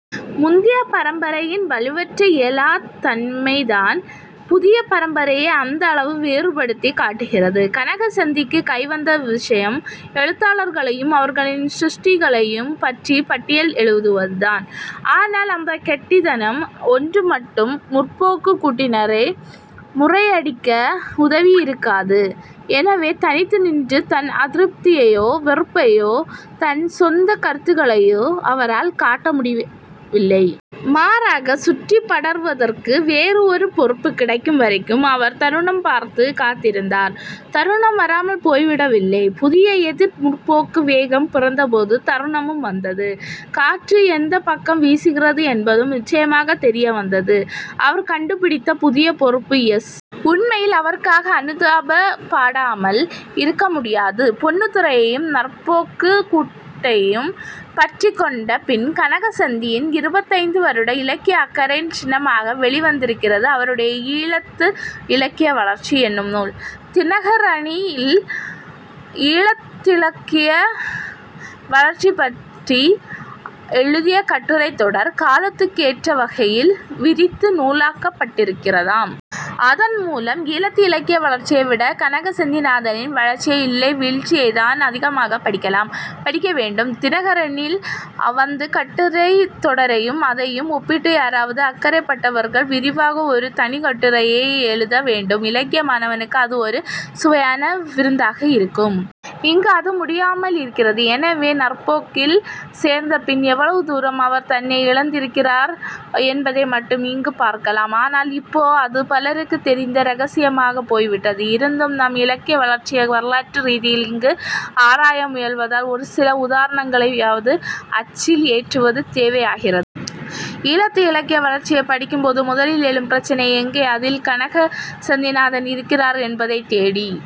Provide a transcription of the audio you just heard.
முந்திய பரம்பரையின் வலுவற்ற இயலாத் தன்மைதான் புதிய பரம்பரையை அந்தளவு வேறுபடுத்திக் காட்டுகிறது. கனக செந்திக்கு கைவந்த விசயம், எழுத்தாளர்களையும் அவர்களின் சிருஷ்டிகளையும் பற்றிப் பட்டியல் எழுதுவதுதான். ஆனால்அந்தக் கெட்டித்தனம் ஒன்று மட்டும் 'முற்போக்கு'க் கூட்டினரை முறியடிக்க உதவியிருக்காது. எனவே, தனித்து நின்று தன் அதிருப்தியையோ, வெறுப்பையோ, தன் சொந்தக் கருத்துகளையோ அவரால் காட்ட முடியவில்லை. மாறாக, சுற்றிப் படர்வதற்கு வேறு ஒரு பொறுப்பு கிடைக்கும் வரைக்கும் அவர் தருணம் பார்த்துக் காத்திருந்தார். தருணம் வராமல் போய்விடவில்லை. புதிய எதிர் 'முற்போக்கு' வேகம் பிறந்தபோது தருணமும் வந்தது. காற்று எந்தப் பக்கம் வீசுகிறது என்பதும் நிச்சயமாகத் தெரியவந்தது. அவர் கண்டுபிடித்த புதிய பொறுப்பு எஸ். உண்மையில் அவருக்காக அனுதாபப் படாமல் இருக்க முடியாது. பொன்னுத்துரையையும் 'நற்போக்கு'க் கூட்டையும் பற்றிக் கொண்ட பின் கனக செந்தியின் இருபத்தைந்து வருட இலக்கிய அக்கறையின் சின்னமாக வெளிவந்திருக்கிறது அவருடைய 'ஈழத்து இலக்கிய வளர்ச்சி' என்னும் நூல். 'தினகரனி'ல் ஈழத்திலக்கிய வளர்ச்சிபற்றி எழுதிய கட்டுரைத் தொடர் காலத்துக்கேற்றவகையில் விரித்து நூலாக்கப்பட்டிருக்கிறதாம். அதன் மூலம் ஈழத்து இலக்கிய வளர்ச்சியை விட கனக செந்திநாதனின் வளர்ச்சியை, இல்லை வீழ்ச்சியைத்தான், அதிகமாகப் படிக்கலாம். படிக்க வேண்டும். 'தினகரனி'ல் வந்த கட்டுரைத் தொடரையும் அதையும் ஒப்பிட்டு யாராவது அக்கறைப்பட்டவர்கள் விரிவாக ஒரு தனிக் கட்டுரையே எழுத வேண்டும். இலக்கிய மாணவனுக்கு அது ஒரு சுவையான விருந்தாக இருக்கும். இங்கு அது முடியாமல் இருக்கிறது. எனவே, 'நற்போக்கி'ல் சேர்ந்த பின் எவ்வளவு தூரம் அவர் தன்னை இழந்திருக்கிறார் என்பதை மட்டும் இங்கு பார்க்கலாம். ஆனால் இப்போ அது பலருக்குத் தெரிந்த இரகசியமாகப் போய்விட்டது. இருந்தும் நம் இலக்கிய வளர்ச்சியை வரலாற்று ரீதியில் இங்கு ஆராய முயல்வதால் ஒரு சில உதாரணங்களையாவது அச்சில் ஏற்றுவது தேவையாகிறது. 'ஈழத்து இலக்கிய வளர்ச்சி'யைப் படிக்கும்போது முதலில் எழும் பிரச்சினை எங்கே அதில் கனக செந்திநாதன் இருக்கிறார் என்பதைத் தேடிப்